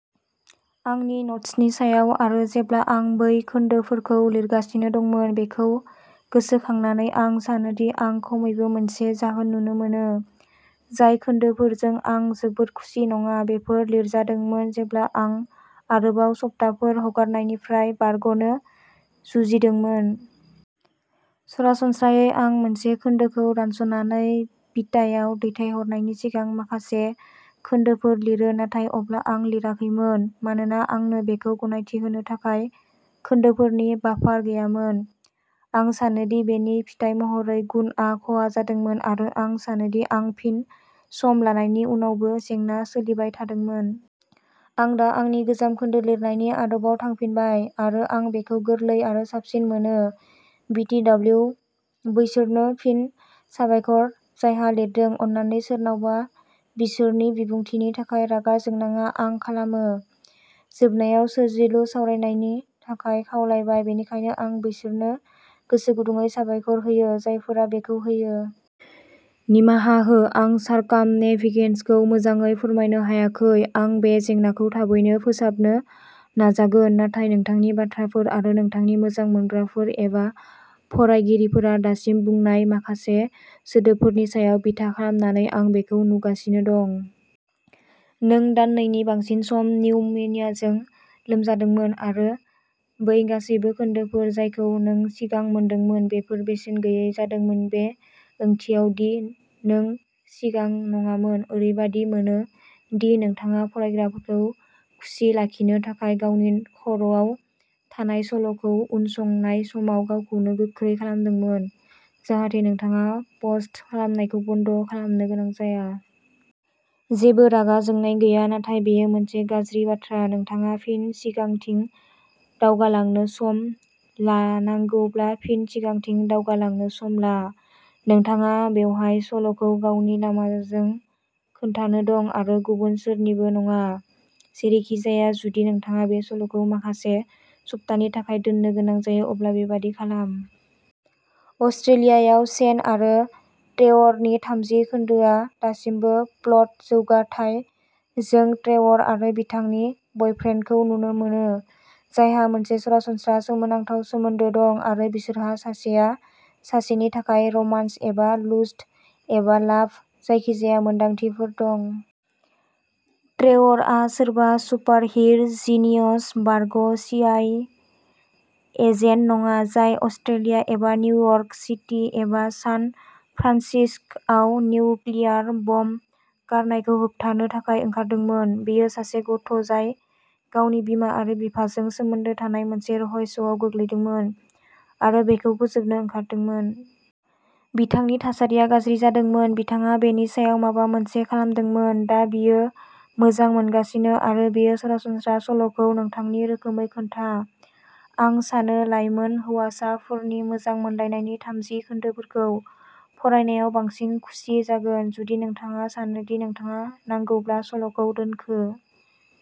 आंनि न'ट्सनि सायाव आरो जेब्ला आं बै खोन्दोफोरखौ लिरगासिनो दंमोन बेखौ गोसोखांनानै आं सानो दि आं खमैबो मोनसे जाहोन नुनो मोनो। जाय खोन्दोफोरजों आं जोबोद खुसि नङा बेफोर लिरजादोंमोन जेब्ला आं आरोबाव सप्ताफोर हगारनायनिफ्राय बारग'नो जुजिदोंमोन। सरासनस्रायै आं मोनसे खोन्दोखौ दानस'नानै बिटायाव दैथायहरनायनि सिगां माखासे खोन्दोफोर लिरो नाथाय अब्ला आं लिराखैमोन, मानोना आंनो बेखौ गनायथि होनो थाखाय खोन्दोफोरनि बाफार गैयामोन। आं सानो दि बेनि फिथाय महरै गुनआ खहा जादोंमोन आरो आं सानो दि आं फिन सम लानायनि उनावबो जेंना सोलिबाय थादोंमोन। आं दा आंनि गोजाम खोन्दो लिरनायनि आदबआव थांफिनबाय आरो आं बेखौ गोरलै आरो साबसिन मोनो। बि ति दब्लिउ बैसोरनो फिन साबायखर जायहा लिरदों। अन्नानै सोरनावबा बिसोरनि बिबुंथिनि थाखाय रागा जोंनाङा आं खालामो। जोबनायाव सोरजिलु सावरायनायनि थाखाय खावलायबाय बेनिखायनो आं बैसोरनो गोसोगुदुंयै साबायखर होयो जायफोरा बेखौ होयो। निमाहा हो आं सारकामनेभिगेसनखौ मोजाङै फोरमायनो हायाखै। आं बे जेंनाखौ थाबैनो फोसाबनो नाजागोन। नाथाय नोंथांनि बाथ्राफोर आरो नोंथांनि मोजां मोनग्राफोर एबा फरायगिरिफोरा दासिम बुंनाय माखासे सोदोबफोरनि सायाव बिथा खालामनानै आं बेखौ नुगासिनो दं। नों दाननैनि बांसिन सम निउमनियाजों लोमजादोंमोन आरो बै गासैबो खोन्दोफोर जायखौ नों सिगां मोनदोंमोन बेफोर बेसेन गैयै जादोंमोन बे ओंथियाव दि नों सिगां नङामोन। ओरैबादि मोनो दि नोंथाङा फरायग्राफोरखौ खुसि लाखिनो थाखाय गावनि खर'आव थानाय सल'खौ उनसंनाय समाव गावखौनो गोख्रै खालामदोंमोन जाहाथे नोंथाङा पस्ट खालामनायखौ बन्द खालामनो गोनां जाया। जेबो रागा जोंनाय गैया नाथाय बेयो मोनसे गाज्रि बाथ्रा। नोंथाङा फिन सिगांथिं दावगालांनो सम लानांगौब्ला फिन सिगांथिं दावगालांनो सम ला। नोंथाङा बेवहाय सल'खौ गावनि लामाजों खोन्थानो दं आरो गुबुन सोरनिबो नङा। जेरैखिजाया। जुदि नोंथाङा बे सल'खौ माखासे सप्तानि थाखाय दोननो गोनां जायो अब्ला बेबादि खालाम। अस्ट्रेलियायाव शेन आरो ट्रेवरनि थामजि खोन्दोआ दासिमबो प्लट जौगाथाय। जों ट्रेवर आरो बिथांनि बयफ्रेन्डखौ नुनो मोनो जायहा मोनसे सरासनस्रा सोमोनांथाव सोमोन्दो दं आरो बिसोरहा सासेया सासेनि थाखाय रमान्स एबा लुस्ट एबा लाभ जायखिजाया मोन्दांथिफोर दं। ट्रेवरआ सोरबा सुपारहिर'जिनियस बारग'सीआईए एजेन्ट नङा जाय अस्ट्रेलिया एबा निउयर्क सिटी एबा सान फ्रान्सिस्क'आव निउक्लियार बम गारनायखौ होबथानो थाखाय ओंखारदोंमोन। बियो सासे गथ'जाय गावनि बिमा आरो बिफाजों सोमोन्दो थानाय मोनसे रहस्यआव गोग्लैदोंमोन आरो बेखौ फोजोबनो ओंखारदोंमोन। बिथांनि थासारिया गाज्रि जादोंमोन, बिथाङा बेनि सायाव माबा मोनसे खालामदोंमोन। दा बियो मोजां मोनगासिनो, आरो बेयो सरासनस्रा। सल'खौ नोंथांनि रोखोमै खोन्था। आं सानै लाइमोन हौवासाफोरनि मोजां मोनलायनायनि थामजि खोन्दोफोरखौ फरायनायाव बांसिन खुसि जागोन। जुदि नोंथाङा सानो दि नोंथाङा नांगौब्ला सल'खौ दोनखो।